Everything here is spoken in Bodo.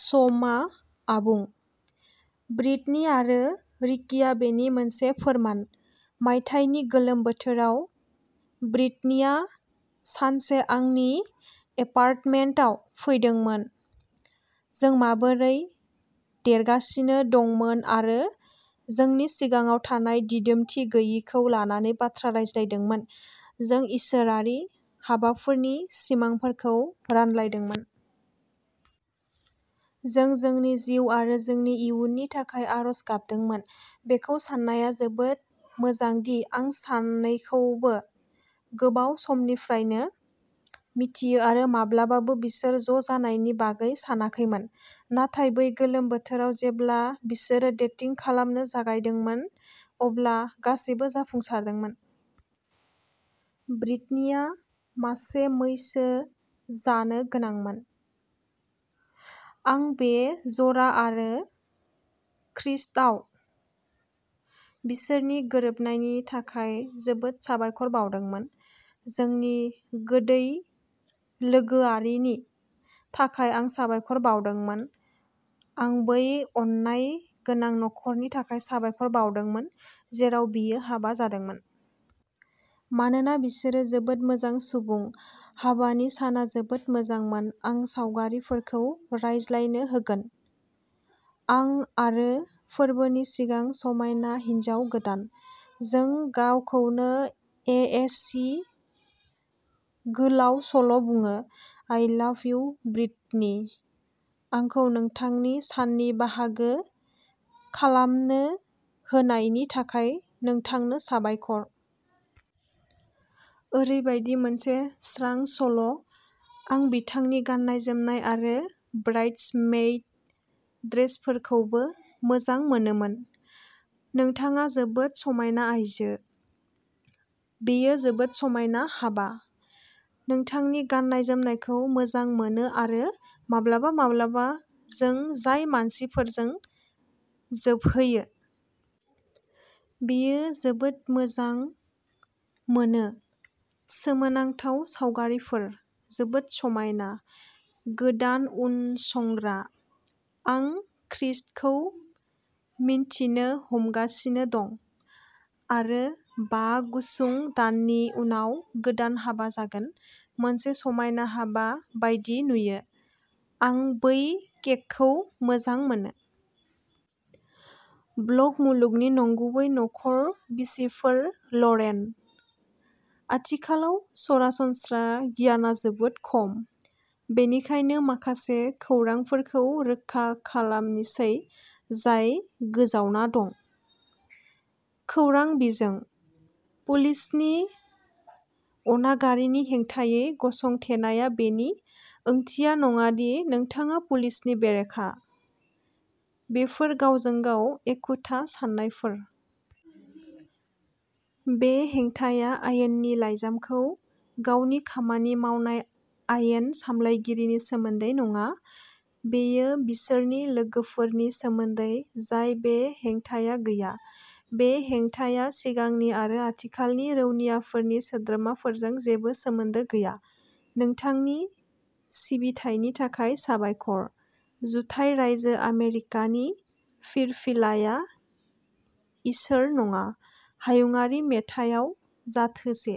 समआ आबुं। ब्रिटनी आरो रिकीआ बेनि मोनसे फोरमान। मायथाइनि गोलोम बोथोराव ब्रिटनीआ सानसे आंनि एपारटमेनटआव फैदोंमोन। जों माबोरै देरगासिनो दंमोन आरो जोंनि सिगाङाव थानाय दिदोमथि गैयैखौ लानानै बाथ्रा रायज्लायदोंमोन। जों इसोरारि हाबाफोरनि सिमांफोरखौ रानलायदोंमोन। जों जोंनि जिउ आरो जोंनि इयुननि थाखाय आरज गाबदोंमोन। बेखौ साननाया जोबोद मोजां दि आं सानैखौबो गोबाव समनिफ्रायनो मिथियो आरो माब्लाबाबो बिसोर ज'जानायनि बागै सानाखैमोन। नाथाय बै गोलोम बोथोराव जेब्ला बिसोरो डेटिं खालामनो जागायदोंमोन, अब्ला गासैबो जाफुंसारदोंमोन। ब्रिटनीआ मासे मैसो जानो गोनांमोन। आं बे जरा आरो खृष्टआव बिसोरनि गोरोबनायनि थाखाय जोबोद साबायखर बावदोंमोन। जोंनि गोदै लोगोआरिनि थाखाय आं साबायखर बावदोंमोन। आं बै अननाय गोनां नखरनि थाखाय साबायखर बावदोंमोन, जेराव बियो हाबा जादोंमोन। मानोना बिसोरो जोबोद मोजां सुबुं। हाबानि साना जोबोद मोजांमोन। आं सावगारिफोरखौ रायज्लायनो होगोन। आं आरो फोरबोनि सिगां समायना हिन्जाव गोदान। जों गावखौनो ए. एस. सी. गोलाव सल' बुङो। आइ लाभ इउ, ब्रिटनी, आंखौ नोंथांनि साननि बाहागो खालामनो होनायनि थाखाय नोंथांनो साबायखर। ओरैबायदि मोनसे स्रां सल'। आं बिथांनि गाननाय जोमनाय आरो ब्राइडसमेइड ड्रेसफोरखौबो मोजां मोनोमोन। नोंथाङा जोबोद समायना आइजो। बेयो जोबोद समायना हाबा। नोंथांनि गाननाय जोमनायखौ मोजां मोनो आरो माब्लाबा माब्लाबा जों जाय मानसिफोरजों जोबहैयो। बेयो जोबोद मोजां मोनो। सोमोनांथाव सावगारिफोर, जोबोद समायना, गोदान उनसंग्रा। आं खृष्टखौ मिनथिनो हमगासिनो दं आरो बा गुसुं दाननि उनाव गोदान हाबा जागोन। मोनसे समायना हाबा बायदि नुयो। आं बै केकखौ मोजां मोनो। ब्लग मुलुगनि नंगुबै नखर बिसिफोर लरेन। आथिखालाव सरासनस्रा गियानआ जोबोद खम। बेनिखायनो माखासे खौरांफोरखौ रोखा खालामनिसै जाय गोजावना दं। खौरां बिजों। पुलिसनि अनागारिनि हेंथायै गसंथेनाया बेनि ओंथिया नङा दि नोंथाङा पुलिसनि बेरेखा। बेफोर गावजों-गाव एखुथा साननायफोर। बे हेंथाया आयेननि लाइजामखौ गावनि खामानि मावनाय आयेन सामलायगिरिनि सोमोन्दै नङा। बेयो बिसोरनि लोगोफोरनि सोमोन्दै जाय बे हेंथाया गैया। बे हेंथाया सिगांनि आरो आथिखालनि रौनियाफोरनि सोद्रोमाफोरजों जेबो सोमोन्दो गैया। नोंथांनि सिबिथायनि थाखाय साबायखर। जुथाइ रायजो आमेरिकानि फिरफिलाया इसोर नङा। हायुंआरि मेथाइयाव जाथोसे